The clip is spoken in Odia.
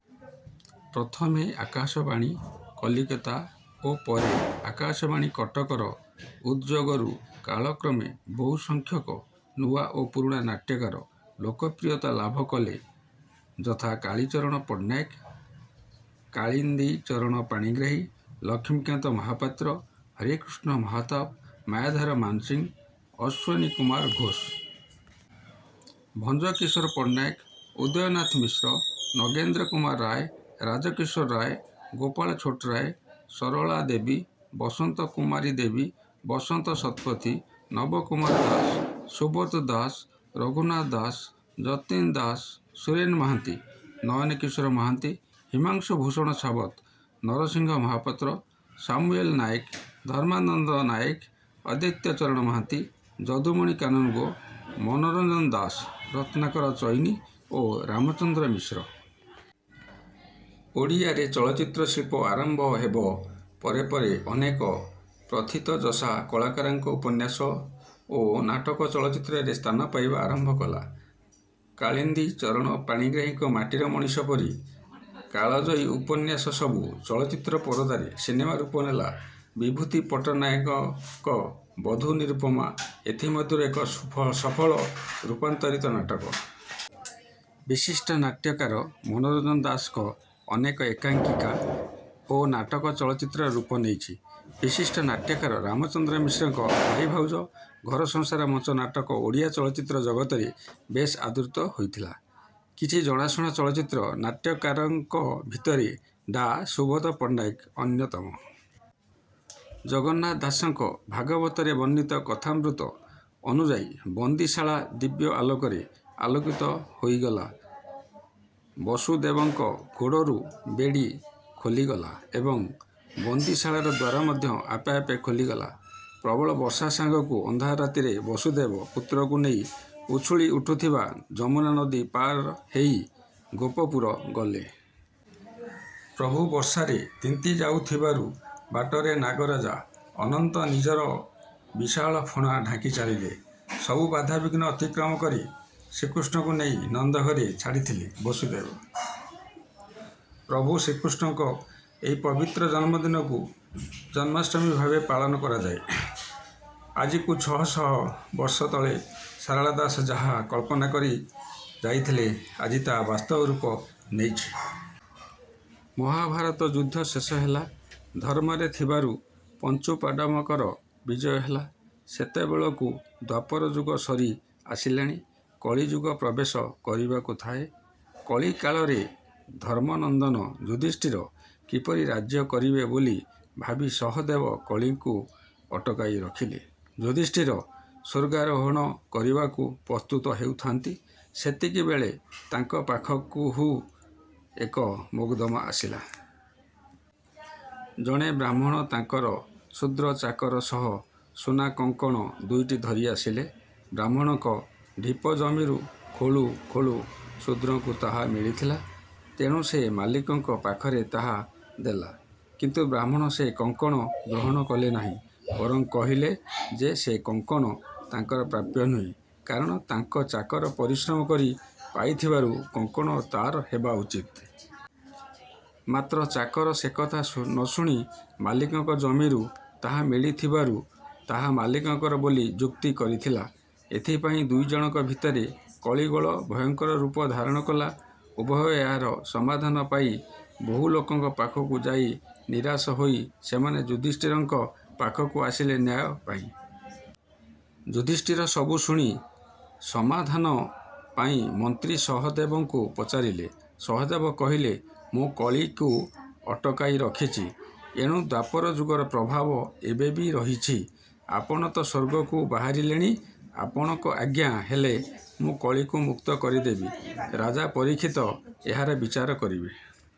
ପ୍ରଥମେ ଆକାଶବାଣୀ କଲିକତା ଓ ପରେ ଆକାଶବାଣୀ କଟକ ର ଉଦଯୋଗରୁ କାଳକ୍ରମେ ବହୁସଙ୍ଖ୍ଯକ ନୂଆ ଓ ପୁରୁଣା ନାଟ୍ୟକାର ଲୋକପ୍ରିୟତା ଲାଭ କଲେ ଯଥା କାଳୀଚରଣ ପଟ୍ଟନାୟକ, କାଳିନ୍ଦୀ ଚରଣ ପାଣିଗ୍ରାହୀ, ଲକ୍ଷ୍ମୀକାନ୍ତ ମହାପାତ୍ର, ହରେକୃଷ୍ଣ ମହତାବ, ମାୟାଧର ମାନସିଂହ, ଅଶ୍ୱିନୀ କୁମାର ଘୋଷ, ଭଞ୍ଜକିଶୋର ପଟ୍ଟନାୟକ, ଉଦୟନାଥ ମିଶ୍ର, ନଗେନ୍ଦ୍ର କୁମାର ରାୟ, ରାଜକିଶୋର ରାୟ, ଗୋପାଳ ଛୋଟରାୟ, ସରଳା ଦେବୀ, ବସନ୍ତ କୁମାରୀ ଦେବୀ, ବସନ୍ତ ଶତପଥୀ, ନବ କୁମାର ଦାସ, ସୁବୋଧ ଦାସ, ରଘୁନାଥ ଦାସ, ଯତୀନ ଦାସ, ସୁରେନ ମହାନ୍ତି, ନୟନ କିଶୋର ମହାନ୍ତି, ହିମାଂଶୁ ଭୂଷଣ ସାବତ, ନରସିଂହ ମହାପାତ୍ର, ସାମୁଏଲ ନାୟକ, ଧର୍ମାନନ୍ଦ ନାୟକ, ଅଦୈତ ଚରଣ ମହାନ୍ତି, ଯଦୁମଣି କାନୁନଗୋ, ମନୋରଞ୍ଜନ ଦାସ, ରତ୍ନାକର ଚଇନି, ଓ ରାମଚନ୍ଦ୍ର ମିଶ୍ର। ଓଡ଼ିଆରେ ଚଳଚ୍ଚିତ୍ର ଶିଳ୍ପ ଆରମ୍ଭ ହେବ ପରେ ପରେ ଅନେକ ପ୍ରଥିତଯଶା କଥାକାରଙ୍କ ଉପନ୍ୟାସ ଓ ନାଟକ ଚଳଚ୍ଚିତ୍ରରେ ସ୍ଥାନ ପାଇବା ଆରମ୍ଭ କଲା। କାଳିନ୍ଦୀ ଚରଣ ପାଣିଗ୍ରାହୀଙ୍କ ମାଟିର ମଣିଷ ପରି କାଳଜୟୀ ଉପନ୍ୟାସସବୁ ଚଳଚ୍ଚିତ୍ର ପରଦାରେ ସିନେମା ରୂପ ନେଲା। ବିଭୂତି ପଟ୍ଟନାୟକଙ୍କ ବଧୂ ନିରୁପମା ଏଥି ମଧ୍ୟରୁ ଏକ ସଫଳ ରୂପାନ୍ତରିତ ନାଟକ। ବିଶିଷ୍ଟ ନାଟ୍ୟକାର ମନୋରଞ୍ଜନ ଦାସଙ୍କ ଅନେକ ଏକାଙ୍କିକା ଓ ନାଟକ ଚଳଚ୍ଚିତ୍ରର ରୂପ ନେଇଛି। ବିଶିଷ୍ଟ ନାଟ୍ୟକାର ରାମଚନ୍ଦ୍ର ମିଶ୍ରଙ୍କ ଭାଇଭାଉଜ, ଘରସଂସାର ମଞ୍ଚ ନାଟକ ଓଡ଼ିଆ ଚଳଚ୍ଚିତ୍ର ଜଗତରେ ବେଶ୍ ଆଦୃତ ହୋଇଥିଲା। କିଛି ଜଣାଶୁଣା ଚଳଚ୍ଚିତ୍ର ନାଟ୍ୟକାରଙ୍କ ଭିତରେ ଡ।. ସୁବୋଧ ପଟ୍ଟନାୟକ ଅନ୍ୟତମ। ଜଗନ୍ନାଥ ଦାସଙ୍କ ଭାଗବତରେ ବର୍ଣ୍ଣିତ କଥାମୃତ ଅନୁଯାୟୀ ବନ୍ଦୀଶାଳା ଦିବ୍ୟ ଆଲୋକରେ ଆଲୋକିତ ହେଇଗଲା, ବସୁଦେବଙ୍କ ଗୋଡରୁ ବେଡି ଖୋଲିଗଲା ଏବଂ ବନ୍ଦୀଶାଳାର ଦ୍ୱାର ମଧ୍ୟ ଆପେଆପେ ଖୋଲିଗଲା। ପ୍ରବଳ ବର୍ଷା ସାଙ୍ଗକୁ ଅନ୍ଧାର ରାତିରେ ବସୁଦେବ ପୁତ୍ରକୁ ନେଇ ଉଛୁଳି ଉଠୁଥିବା ଯମୁନା ନଦୀ ପାର ହେଇ ଗୋପପୁର ଗଲେ। ପ୍ରଭୁ ବର୍ଷାରେ ତିନ୍ତି ଯାଉଥିବାରୁ ବାଟରେ ନାଗରାଜା ଅନନ୍ତ ନିଜର ବିଶାଳ ଫଣା ଢାଙ୍କି ଚାଲିଲେ। ସବୁ ବାଧାବିଘ୍ନ ଅତିକ୍ରମ କରି ଶ୍ରୀକୃଷ୍ଣଙ୍କୁ ନେଇ ନନ୍ଦଘରେ ଛାଡିଥିଲେ ବସୁଦେବ। ପ୍ରଭୁ ଶ୍ରୀକୃଷ୍ଣଙ୍କ ଏହି ପବିତ୍ର ଜନ୍ମ ଦିନକୁ ଜନ୍ମାଷ୍ଟମୀ ଭାବେ ପାଳନ କରାଯାଏ। ଆଜିକୁ ଛହଶହ ବର୍ଷ ତଳେ ଶାରଳା ଦାସ ଯାହା କଳ୍ପନା କରି ଯାଇଥିଲେ ଆଜି ତାହା ବାସ୍ତବ ରୁପ ନେଇଛି। ମହାଭାରତ ଯୁଦ୍ଧ ଶେଷ ହେଲା, ଧର୍ମରେ ଥିବାରୁ ପନ୍ଚୁପାଣ୍ଡବଙ୍କର ବିଜୟ ହେଲା। ସେତେବେଳକୁ ଦ୍ୱାପର ଯୁଗ ସରି ଆସିଲାଣି, କଳିଯୁଗ ପ୍ରବେଶ କରିବାକୁ ଥାଏ। କଳିକାଳରେ ଧର୍ମନନ୍ଦନ ଯୁଧିଷ୍ଠିର କିପରି ରାଜ୍ୟ କରିବେ ବୋଲି ଭାବି ସହଦେବ କଳିକୁ ଅଟକାଇ ରଖିଲେ। ଯୁଧିଷ୍ଠିର ସ୍ୱର୍ଗାରୋହଣ କରିବାକୁ ପ୍ରସ୍ତୁତ ହେଉଥାନ୍ତି, ସେତିକିବେଳେ ତାଙ୍କ ପାଖହୁ ଏକ ମୋକଦ୍ଦମା ଆସିଲା। ଜଣେ ବ୍ରାହ୍ମଣ ତାଙ୍କର ଶୁଦ୍ର ଚାକର ସହ ସୁନାକଙ୍କଣ ଦୁଇଟି ଧରି ଆସିଲେ। ବ୍ରାହ୍ମଣଙ୍କ ଢିପଜମିରୁ ଖୋଳୁ ଖୋଳୁ ଶୁଦ୍ରକୁ ତାହା ମିଳିଥିଲା, ତେଣୁ ସେ ମାଲିକଙ୍କ ପାଖରେ ତାହା ଦେଲା। କିନ୍ତୁ ବ୍ରାହ୍ମଣ ସେ କଙ୍କଣ ଗ୍ରହଣ କଲେ ନାହିଁ, ବରଂ କହିଲେ ଯେ ସେ କଙ୍କଣ ତାଙ୍କର ପ୍ରାପ୍ୟ ନୁହେଁ କାରଣ ତାଙ୍କ ଚାକର ପରିଶ୍ରମ କରି ପାଇଥିବାରୁ କଙ୍କଣ ତାର ହେବା ଉଚିତ। ମାତ୍ର ଚାକର ସେକଥା ନ ଶୁଣି ମାଲିକଙ୍କ ଜମିରୁ ତାହା ମିଳିଥିବାରୁ ତାହା ମାଲିକଙ୍କର ବୋଲି ଯୁକ୍ତି କରିଥିଲା। ଏଥିପାଇଁ ଦୁଇଜଣଙ୍କ ଭିତରେ କଳିଗୋଳ ଭୟଙ୍କର ରୁପ ଧାରଣ କଲା। ଉଭୟ ଏହାର ସମାଧାନ ପାଇ ବହୁଲୋକଙ୍କ ପାଖକୁ ଯାଇ ନିରାଶ ହୋଇ ସେମାନେ ଯୁଧିଷ୍ଠିରଙ୍କ ପାଖକୁ ଆସିଲେ ନ୍ୟାୟ ପାଇଁ। ଯୁଧିଷ୍ଠିର ସବୁ ସୁଣି ସମାଧାନ ପାଇଁ ମନ୍ତ୍ରୀ ସହଦେବଙ୍କୁ ପଚାରିଲେ। ସହଦେବ କହିଲେ ମୁ କଳିକୁ ଅଟକାଇ ରଖିଛି, ଏଣୁ ଦ୍ୱାପର ଯୁଗର ପ୍ରଭାବ ଏବେ ବି ରହିଛି। ଆପଣ ତ ସ୍ୱର୍ଗକୁ ବାହାରିଲେଣି। ଆପଣଙ୍କ ଆଜ୍ଞା ହେଲେ ମୁ କଳିକୁ ମୁକ୍ତ କରିଦେବି। ରାଜା ପରୀକ୍ଷିତ ଏହାର ବିଚାର କରିବେ।